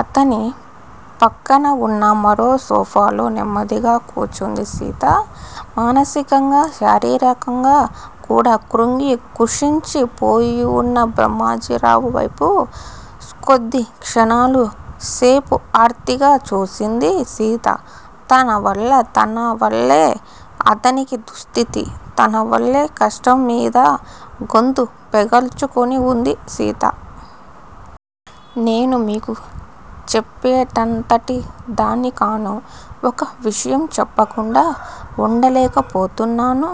అతని పక్కన వున్న మరో సోఫాలో నెమ్మదిగా కూర్చుంది సీత. మానసికంగా, శారీరకంగా కూడా క్రుంగి కృశించి పోయివున్న బ్రహ్మాజీరావు వైపు కొద్ది క్షణాల సేపు ఆర్తిగా చూసింది సీత. తన వల్ల తనవల్లే అతనికీ దుస్థితి! తనవల్లే! కష్టంమీద గొంతు పెగల్చుకుని ఉంది సీత. నేను మీకు చెప్పేటంతటిదాన్ని కాను. ఒక విషయం చెప్పకుండా ఉండలేకపోతున్నాను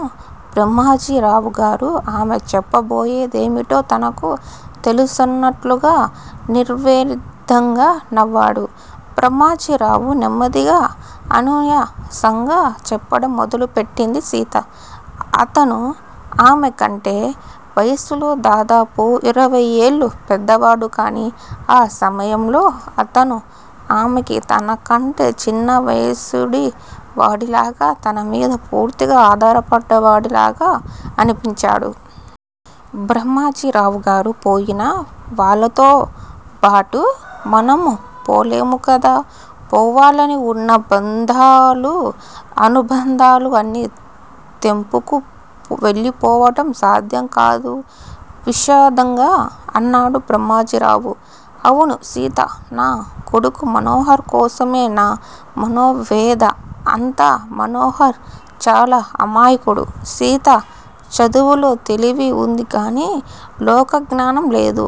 బ్రహ్మజీరావుగారూ! ఆమెచెప్పబోయేదేమిటో తనకు తెలుసన్నట్లుగా నిర్వేనిదంగా నవ్వాడు బ్రహ్మాజీరావు. నెమ్మదిగా, అనునయంగా చెప్పడం మొదలెట్టింది సీత. అతను ఆమెకంటే వయసులో దాదాపు ఇరవయ్యేళ్ళుపెద్దవాడు. కానీ, ఆ సమయంలో అతను ఆమెకి తనకంటే చిన్నవయసువాడిలాగా, తనమీద పూర్తిగా ఆధారపడ్డ వాడిలాగా అనిపించాడు. బ్రహ్మాజీరావుగారూ! పోయిన వాళ్ళతోబాటు మనమూ పోలేము కదా! పోవాలని ఉన్నా బంధాలూ, అనుబంధాలూ అన్నీ తెంపుకు వెళ్ళిపోవడం సాధ్యంకాదు విషాదంగా అన్నాడు బ్రహ్మాజీరావు. అవును సీతా! నా కొడుకు మనోహర్ కోసమే నా మనోవ్యధ అంతా! మనోహర్ చాలా అమాయకుడు సీతా! చదువులో తెలివి ఉందిగానీ, లోకజ్ఞానం లేదు.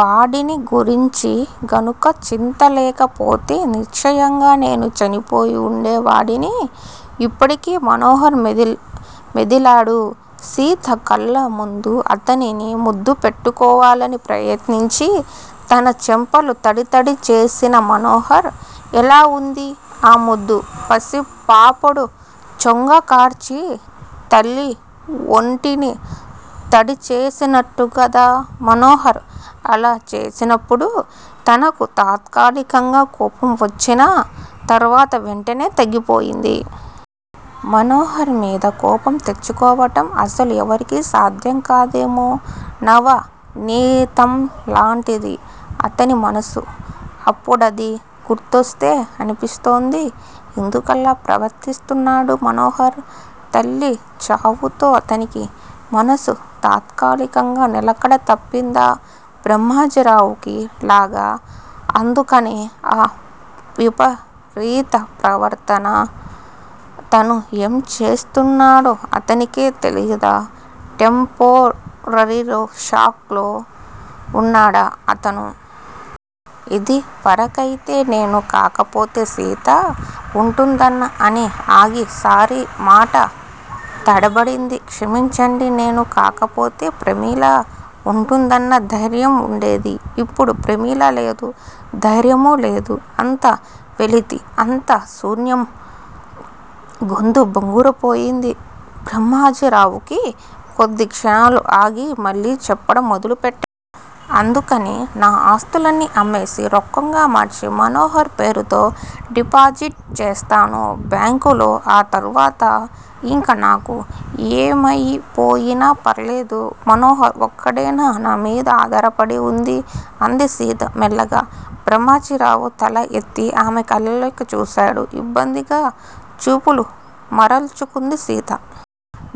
వాడిని గురించిగనక చింత లేకపోతే, నిశ్చయంగా నేను చనిపోయి ఉండే వాడిని ఇప్పటికే! మనోహర్ మెదిలాడు సీతకళ్ళ ముందు, అతని ముద్దుపెట్టుకోవాలని ప్రయత్నించి తన చెంపలు తడితడి వేసిన మనోహర్. ఎలా ఉంది ఆ ముద్దు? పసిపాపడు చొంగకార్చి తల్లి ఒంటిని తడిచేసినట్లుకదా? మనోహర్ అలా చేసినప్పుడు తనకు తాత్కాలికంగా కోపం వచ్చినా తర్వాత వెంటనే తగ్గిపోయింది. మనోహర్ మీదకోపం తెచ్చుకోవడం అసలు ఎవరికీ సాధ్యంకాదేమో! నవనీతంలాంటిది అతనిమనసు! అప్పుడది గుర్తొస్తే అనిపిస్తోంది. ఎందుకలా ప్రవర్తిస్తున్నాడు మనోహర్! తల్లిచావుతో అతనికీ మనసు తాత్కాలికంగా నిలకడతప్పిందా? బ్రహ్మాజీరావుకిలాగా? అందుకనే ఆ విపరీత ప్రవర్తన? తను ఏం చేస్తున్నాడో అతనికే తెలియదా? టెంపొరరీ షాక్ లో ఉన్నాడా అతను! ఇదివరకయితే నేను కాకపోతే సీత ఉంటుందన్న అని ఆగి, సారీ! మాట తడబడింది! క్షమించండి! నేను కాకపోతే ప్రమీల ఉంటుందన్న ధైర్యం ఉండేది. ఇప్పుడు ప్రమీలా లేదు. ధైర్యమూ లేదు. అంత వెలితి! అంతాశూన్యం! గొంతు బొంగురుపోయింది బ్రహ్మాజీరావుకి కొద్ది క్షణాలు ఆగి మళ్ళీ చెప్పడం మొదలెట్టాడు. అందుకని, నా ఆస్తులన్నీ అమ్మేసి, రొక్కంగా మార్చి, మనోహర్ పేరుతో డిపాజిట్ చేస్తాను బ్యాంకులో ఆ తర్వాత ఇంక నాకు ఏమయిపోయినా ఫర్లేదు. మనోహర్ ఒక్కడేనా మీమీద ఆధారపడి ఉంది? అంది సీత మెల్లిగా. బ్రహ్మాజీరావు తల ఎత్తి ఆమెకళ్ళలోకి చూసాడు. ఇబ్బందిగా చూపులు మరల్చుకుంది సీత.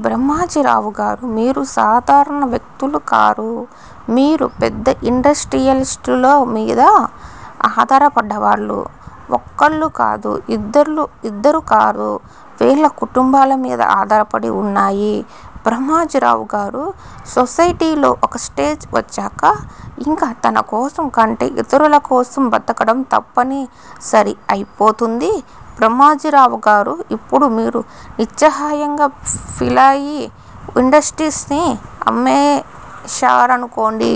బ్రహ్మాజీరావుగారూ! మీరు సాధారణ వ్యక్తులుకారు! మీరు పెద్ద ఇండస్ట్రీయలిస్టులు మీద ఆధారపడ్డవాళ్ళు ఒకళ్ళు కాదు. ఇద్దరు కాదు. వేల కుటుంబాల మీద ఆధారపడి ఉన్నాయి. బ్రహ్మాజీరావుగారూ! సొసైటీలో ఒక స్టేజ్ వచ్చాక ఇంక తనకోసం కంటే ఇతరులకోసం బతకడం తప్పనిసరి అయిపోతుంది బ్రహ్మాజీరావుగారూ! ఇప్పుడు మీరు నిస్సహాయంగా ఫీలయి ఇండస్ట్రీస్ ని అమ్మేశారనుకోండి.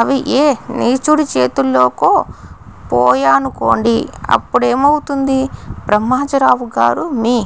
అవి ఏ నీచుడిచేతుల్లోకో పోయాయనుకోండి. అప్పుడేమవుతుంది బ్రహ్మాజీరావుగారూ! మీ